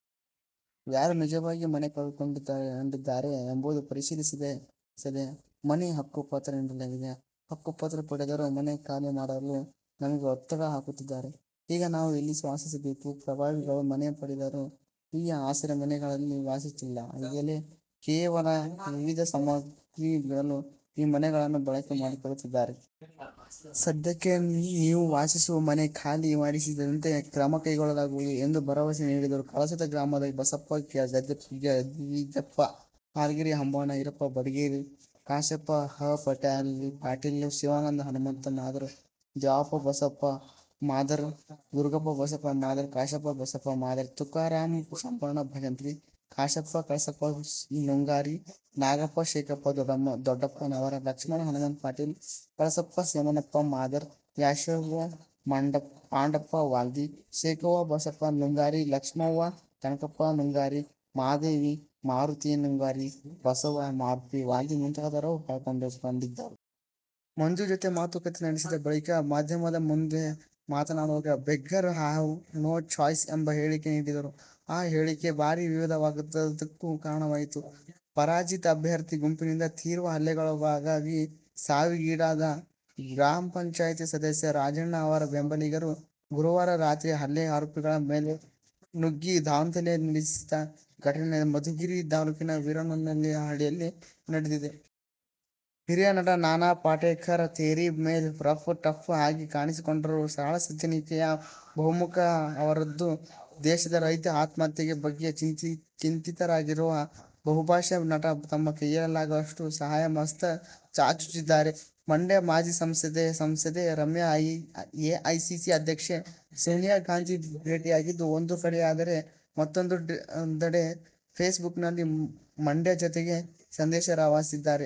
ಯಾರು ನಿಜವಾಗಿ ಮನೆ ಕಳೆದುಕೊಂಡಿದ್ದಾರೆ ಎಂಬುದು ಪರಿಶೀಲಿಸದೇ ಮನೆ ಹಕ್ಕುಪತ್ರ ನೀಡಲಾಗಿದೆ. ಹಕ್ಕುಪತ್ರ ಪಡೆದವರು ಮನೆ ಖಾಲಿ ಮಾಡಲು ನಮಗೆ ಒತ್ತಡ ಹಾಕುತ್ತಿದ್ದಾರೆ. ಈಗ ನಾವು ಎಲ್ಲಿ ವಾಸಿಸಬೇಕು. ಪ್ರಭಾವಿಗಳು ಮನೆ ಪಡೆದರೂ ಈ ಆಸರೆ ಮನೆಗಳಲ್ಲಿ ವಾಸಿಸುತ್ತಿಲ್ಲ. ಕೇವಲ ವಿವಿಧ ಸಾಮಗ್ರಿ ಇಡಲು ಈ ಮನೆಗಳನ್ನು ಬಳಕೆ ಮಾಡಿಕೊಳ್ಳುತ್ತಿದ್ದಾರೆ. ಸಧ್ಯಕ್ಕೆ ನೀವು ವಾಸಿಸುವ ಮನೆ ಖಾಲಿ ಮಾಡಿಸದಂತೆ ಕ್ರಮ ಕೈಗೊಳ್ಳಲಾಗುವುದು ಎಂದು ಭರವಸೆ ನೀಡಿದರು. ಕಳಸದ ಗ್ರಾಮದ ಬಸಪ್ಪ ಗದಿಗೆಪ್ಪ ಹಾಲಗೇರಿ, ಅಂಬಣ್ಣ ಈರಪ್ಪ ಬಡಿಗೇರ, ಕಾಶಪ್ಪ ಹ. ಪಾಟೀಲ, ಶಿವಾನಂದ ಹನುಮಂತ ಮಾದರ, ದ್ಯಾಮಪ್ಪ ಬಸಪ್ಪ ಮಾದರ, ದುರ್ಗಪ್ಪ ಬಸಪ್ಪ ಮಾದರ, ಕಾಶಪ್ಪ ಬಸಪ್ಪ ಮಾದರ, ತುಕಾರಾಮ ಶಂಬಣ್ಣ ಭಜಂತ್ರಿ, ಕಾಶಪ್ಪ ಕಳಸಪ್ಪ ನುಂಗಾರಿ, ನಾಗಪ್ಪ ಶೇಖರಪ್ಪ ದೊಡ್ಡಪ್ಪನವರ, ಲಕ್ಷ್ಮಣ ಹನುಮಂತ ಪಾಟೀಲ, ಕಳಸಪ್ಪ ಯಮನಪ್ಪ ಮಾದರ, ಕಾಶವ್ವ ಪಾಂಡಪ್ಪ ವಾಲ್ದಿ, ಶೇಖವ್ವ ಬಸಪ್ಪ ನುಂಗಾರಿ, ಲಕ್ಷ್ಮವ್ವ ಕನಕಪ್ಪ ನುಂಗಾರಿ, ಮಹಾದೇವಿ ಮಾರುತಿ ನುಂಗಾರಿ, ಬಸವ್ವ ಮಾರುತಿ ವಾಲ್ದಿ ಮುಂತಾದವರು ಪಾಲ್ಗೊಂಡಿದ್ದರು. ಮಂಜು ಜತೆ ಮಾತುಕತೆ ನಡೆಸಿದ ಬಳಿಕ, ಮಾಧ್ಯಮದ ಮುಂದೆ ಮಾತನಾಡುವಾಗ, "ಬೆಗ್ಗರ್ ಹ್ಯಾವ್ ನೋ ಚಾಯ್ಸ' ಎಂಬ ಹೇಳಿಕೆ ನೀಡಿದರು. ಆ ಹೇಳಿಕೆ ಭಾರೀ ವಿವಾದಕ್ಕೂ ಕಾರಣವಾಯಿತು. ಪರಾಜಿತ ಅಭ್ಯರ್ಥಿ ಗುಂಪಿನಿಂದ ತೀವ್ರ ಹಲ್ಲೆಗೊಳಗಾಗಿ ಸಾವಿಗೀಡಾದ ಗ್ರಾ. ಪಂ. ಸದಸ್ಯ ರಾಜಣ್ಣ ಅವರ ಬೆಂಬಲಿಗರು ಗುರುವಾರ ರಾತ್ರಿ ಹಲ್ಲೆ ಆರೋಪಿಗಳ ಮನೆಗೆ ನುಗ್ಗಿ ದಾಂಧಲೆ ನಡೆಸಿದ ಘಟನೆ ಮಧುಗಿರಿ ತಾಲೂಕಿನ ವೀರಣ್ಣನಹಳ್ಳಿಯಲ್ಲಿ ನಡೆದಿದೆ. ಹಿರಿಯ ನಟ ನಾನಾ ಪಾಟೇಕರ್ ತೆರೆ ಮೇಲೆ ರಫ್ ಟಫ್ ಆಗಿ ಕಾಣಿಸಿಕೊಂಡರು ಸರಳ ಸಜ್ಜನಿಕೆಯ ಬಹುಮುಖ ಅವರದ್ದು. ದೇಶದ ರೈತರ ಆತ್ಮಹತ್ಯೆ ಬಗ್ಗೆ ಚಿಂತಿತರಾಗಿರುವ ಈ ಬಹುಭಾಷಾ ನಟ ತಮ್ಮ ಕೈಯಲ್ಲಾಗುವಷ್ಟು ಸಹಾಯ ಹಸ್ತ ಚಾಚುತ್ತಿದ್ದಾರೆ. ಮಂಡ್ಯ ಮಾಜಿ ಸಂಸದೆ ರಮ್ಯಾ ಎಐಸಿಸಿ ಅಧ್ಯಕ್ಷೆ ಸೋನಿಯಾ ಗಾಂಧಿ ಭೇಟಿಯಾಗಿದ್ದು ಒಂದು ಕಡೆಯಾದರೆ ಮತ್ತೊಂದೆಡೆ ಫೇಸ್ ಬುಕ್ ನಲ್ಲಿ ಮಂಡ್ಯ ಜನತೆಗೆ ಸಂದೇಶ ರವಾನಿಸಿದ್ದಾರೆ.